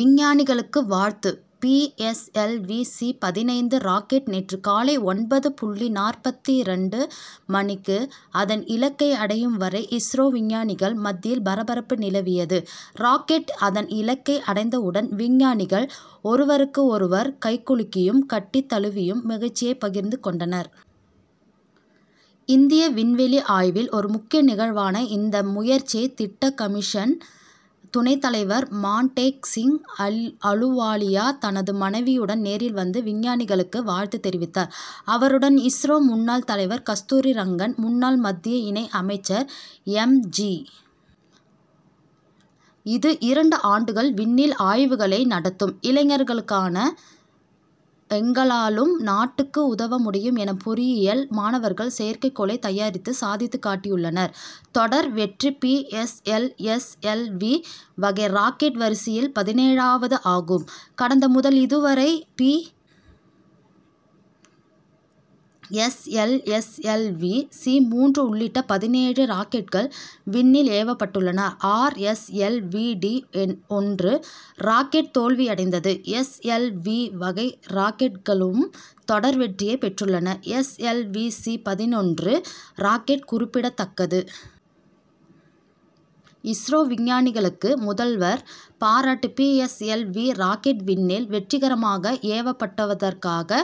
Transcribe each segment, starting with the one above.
விஞ்ஞானிகளுக்கு வாழ்த்து P. S. L. V., சி-பதினைந்து ராக்கெட் நேற்று காலை ஒன்பது புள்ளி நாற்பத்திரண்டு மணிக்கு அதன் இலக்கை அடையும் வரை, இஸ்ரோ விஞ்ஞானிகள் மத்தியில் பரபரப்பு நிலவியது. ராக்கெட் அதன் இலக்கை அடைந்தவுடன், விஞ்ஞானிகள் ஒருவருக்கு ஒருவர் கைகுலுக்கியும், கட்டித் தழுவியும் மகிழ்ச்சியை பகிர்ந்து கொண்டனர். இந்திய விண்வெளி ஆய்வில் ஒரு முக்கிய நிகழ்வான இந்த முயற்சியை, திட்டக்கமிஷன் துணைத் தலைவர் மான்டேக்சிங் அல்அலுவாலியா தனது மனைவியுடன் நேரில் வந்து, விஞ்ஞானிகளுக்கு வாழ்த்து தெரிவித்தார். அவருடன் இஸ்ரோ முன்னாள் தலைவர் கஸ்தூரி ரங்கன், முன்னாள் மத்திய இணை அமைச்சர் எம். ஜி. இது, இரண்டு ஆண்டுகள் விண்ணில் ஆய்வுகளை நடத்தும். இளைஞர்களான எங்களாலும் நாட்டுக்கு உதவ முடியும் என பொறியியல் மாணவர்கள், செயற்கைக்கோளை தயாரித்து சாதித்துக் காட்டியுள்ளனர். தொடர் வெற்றி P. S. L. S. L. V., வகை ராக்கெட் வரிசையில் பதினேழாவது ஆகும். கடந்த முதல் இதுவரை, P. S. L. S. L. V., சி-மூன்று உள்ளிட்ட பதினேழு ராக்கெட்கள் விண்ணில் ஏவப்பட்டுள்ளன. R. S. L. V., D என்ஒன்று ராக்கெட் தோல்வியடைந்தது. எஸ். எல். வி., வகை ராக்கெட்களும் தொடர் வெற்றியைப் பெற்றுள்ளன. எஸ். எல். வி., சி-பதினொன்று ராக்கெட் குறிப்பிடத்தக்கது. இஸ்ரோ விஞ்ஞானிகளுக்கு முதல்வர் பாராட்டு P. S. L. V., rocket, விண்ணில் வெற்றிகரமாக ஏவப்பட்டதற்காக,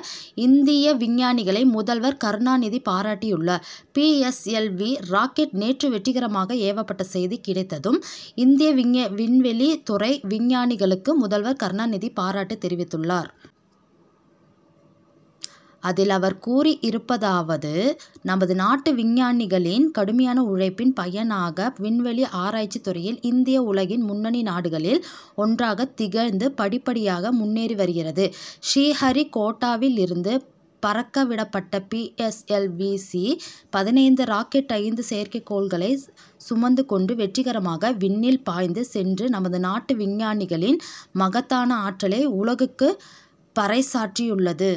இந்திய விஞ்ஞானிகளை முதல்வர் கருணாநிதி பாராட்டியுள்ளார். B. S. L. V., rocket நேற்று வெற்றிகரமாக ஏவப்பட்ட செய்தி கிடைத்ததும், இந்திய விஞ்விண்வெளித் துறை விஞ்ஞானிகளுக்கு முதல்வர் கருணாநிதி பாராட்டு தெரிவித்துள்ளார். அதில் அவர் கூறியிருப்பதாவது நமது நாட்டு விஞ்ஞானிகளின் கடுமையான உழைப்பின் பயனாக விண்வெளி ஆராய்ச்சித் துறையில் இந்தியா உலகின் முன்னணி நாடுகளில் ஒன்றாக திகழ்ந்து, படிப்படியாக முன்னேறி வருகிறது. ஸ்ரீஹரிகோட்டாவில் இருந்து பறக்கவிடப்பட்ட P. S. L. V., C- பதினைந்து ராக்கெட் ஐந்து செயற்கைக்கோள்களைச் சுமந்து கொண்டு வெற்றிகரமாக விண்ணில் பாய்ந்து சென்று, நமது நாட்டு விஞ்ஞானிகளின் மகத்தான ஆற்றலை உலகுக்கு பறைசாற்றியுள்ளது.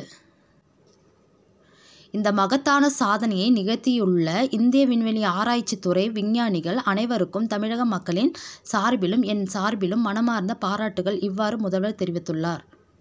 இந்த மகத்தான சாதனையை நிகழ்த்தியுள்ள இந்திய விண்வெளி ஆராய்ச்சித் துறை விஞ்ஞானிகள் அனைவருக்கும் தமிழக மக்களின் சார்பிலும், என் சார்பிலும் மனமார்ந்த பாராட்டுக்கள். இவ்வாறு முதல்வர் தெரிவித்துள்ளார்.